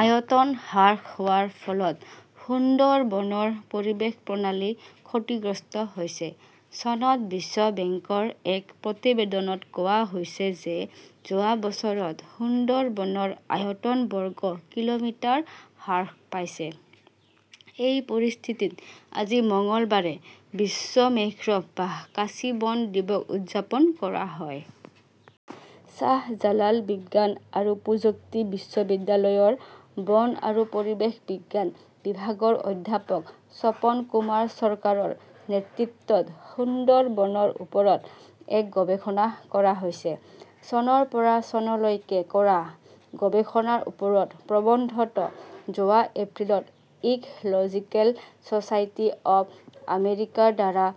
আয়তন হ্ৰাস হোৱাৰ ফলত সুন্দৰবনৰ পৰিৱেশ প্ৰণালী ক্ষতিগ্ৰস্ত হৈছে। চনত বিশ্ব বেংকৰ এক প্ৰতিবেদনত কোৱা হৈছে যে যোৱা বছৰত সুন্দৰবনৰ আয়তন বৰ্গ কিলোমিটাৰ হ্ৰাস পাইছে। এই পৰিস্থিতিত, আজি মঙলবাৰে বিশ্ব মেংগ্ৰোভ বা কাঁচি বন দিৱস উদযাপন কৰা হয়। শ্বাহজালাল বিজ্ঞান আৰু প্ৰযুক্তি বিশ্ববিদ্যালয়ৰ বন আৰু পৰিৱেশ বিজ্ঞান বিভাগৰ অধ্যাপক স্বপন কুমাৰ চৰকাৰৰ নেতৃত্বত সুন্দৰবনৰ ওপৰত এক গৱেষণা কৰা হৈছে। চনৰ পৰা ' চনলৈকে কৰা গৱেষণাৰ ওপৰত প্ৰবন্ধটো যোৱা এপ্ৰিলত "ecological society of আমেৰিকাৰ দ্বাৰা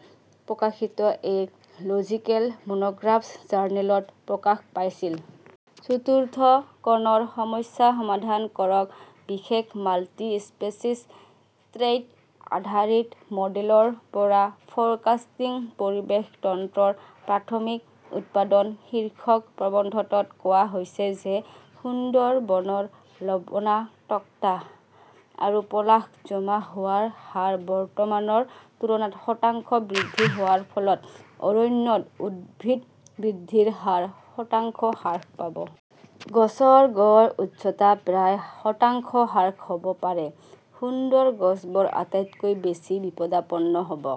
প্ৰকাশিত এক "লজিকেল মনোগ্ৰাফছ জাৰ্নেলত প্ৰকাশ পাইছিল। 'চতুৰ্থ কোণৰ সমস্যা সমাধান কৰকঃ বিশেষ মাল্টিস্পেচিছ ট্ৰেইট-আধাৰিত মডেলৰ পৰা ফৰকাষ্টিং পৰিৱেশ তন্ত্ৰৰ প্ৰাথমিক উৎপাদন "শীৰ্ষক প্ৰবন্ধটোত কোৱা হৈছে যে সুন্দৰবনৰ লবণাক্ততা আৰু পলস জমা হোৱাৰ হাৰ বৰ্তমানৰ তুলনাত শতাংশ বৃদ্ধি হোৱাৰ ফলত অৰণ্যত উদ্ভিদ বৃদ্ধিৰ হাৰ শতাংশ হ্ৰাস পাব। গছৰ গড় উচ্চতা প্ৰায় শতাংশ হ্ৰাস হ "ব পাৰে। সুন্দৰ গছবোৰ আটাইতকৈ বেছি বিপদাপন্ন হ 'ব।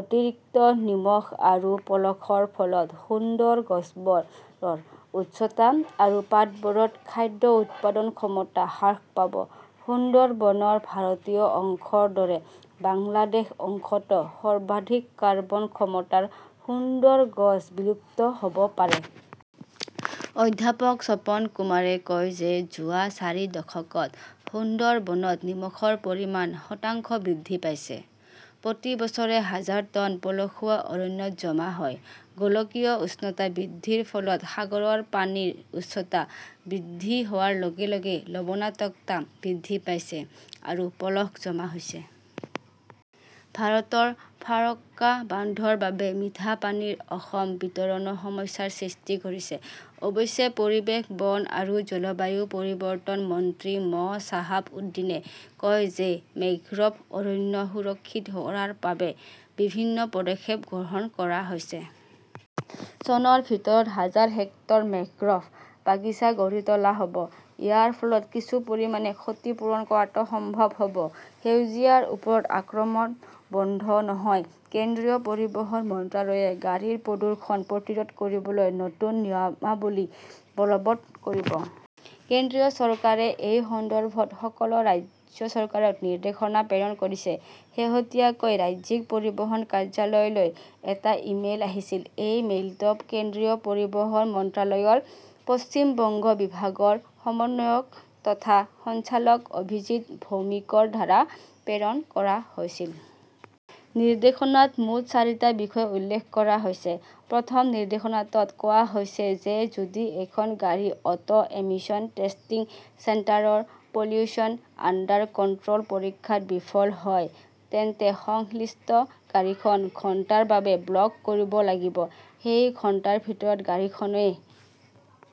অতিৰিক্ত নিমখ আৰু পলসৰ ফলত সুন্দৰ গছবোৰৰ উচ্চতা আৰু পাতবোৰত খাদ্য উৎপাদন ক্ষমতা হ্ৰাস পাব। সুন্দৰবনৰ ভাৰতীয় অংশৰ দৰে বাংলাদেশ অংশতো সৰ্বাধিক কাৰ্বন ক্ষমতাৰ সুন্দৰ গছ বিলুপ্ত হ "ব পাৰে। অধ্যাপক স্বপন কুমাৰে কয় যে যোৱা চাৰি দশকত সুন্দৰবনত নিমখৰ পৰিমাণ শতাংশ বৃদ্ধি পাইছে। প্ৰতি বছৰে হাজাৰ টন পলসুৱা অৰণ্যত জমা হয়। গোলকীয় উষ্ণতা বৃদ্ধিৰ ফলত সাগৰৰ পানীৰ উচ্চতা বৃদ্ধি হোৱাৰ লগে লগে লবণাক্ততা বৃদ্ধি পাইছে আৰু পলস জমা হৈছে। ভাৰতৰ ফাৰক্কা বান্ধৰ বাবে মিঠা পানীৰ অসম বিতৰণো সমস্যাৰ সৃষ্টি কৰিছে। অৱশ্যে, পৰিৱেশ, বন আৰু জলবায়ু পৰিৱৰ্তন মন্ত্ৰী মো. শ্বাহাব উদ্দীনে কয় যে মেংগ্ৰোভ অৰণ্য সুৰক্ষিত কৰাৰ বাবে বিভিন্ন পদক্ষেপ গ্ৰহণ কৰা হৈছে। চনৰ ভিতৰত হাজাৰ হেক্টৰ মেংগ্ৰোভ বাগিচা গঢ়ি তোলা হ 'ব। ইয়াৰ ফলত কিছু পৰিমাণে ক্ষতি পূৰণ কৰাটো সম্ভৱ হ "ব। সেউজীয়াৰ ওপৰত আক্ৰমণ বন্ধ নহয় কেন্দ্ৰীয় পৰিবহণ মন্ত্ৰালয়ে গাড়ীৰ প্ৰদূষণ প্ৰতিৰোধ কৰিবলৈ নতুন নিয়মাৱলী বলৱৎ কৰিব। কেন্দ্ৰীয় চৰকাৰে এই সন্দৰ্ভত সকলো ৰাজ্য চৰকাৰক নিৰ্দেশনা প্ৰেৰণ কৰিছে। শেহতীয়াকৈ ৰাজ্যিক পৰিবহণ কাৰ্যালয়লৈ এটা ইমেইল আহিছিল। এই মেইলটো কেন্দ্ৰীয় পৰিবহণ মন্ত্ৰালয়ৰ পশ্চিম বংগ বিভাগৰ সমন্বয়ক তথা সঞ্চালক অভিজিৎ ভৌমিকৰ দ্বাৰা প্ৰেৰণ কৰা হৈছিল। নিৰ্দেশনাত মুঠ চাৰিটা বিষয় উল্লেখ কৰা হৈছে। প্ৰথম নিৰ্দেশনাটোত কোৱা হৈছে যে যদি এখন গাড়ী 'অটো এমিশন টেষ্টিং চেণ্টাৰ' ৰ 'পলিউশ্যন আণ্ডাৰ কণ্ট্ৰল' পৰীক্ষাত বিফল হয়, তেন্তে সংশ্লিষ্ট গাড়ীখন ঘণ্টাৰ বাবে ব্লক কৰিব লাগিব। সেই ঘণ্টাৰ ভিতৰত গাড়ীখনৱে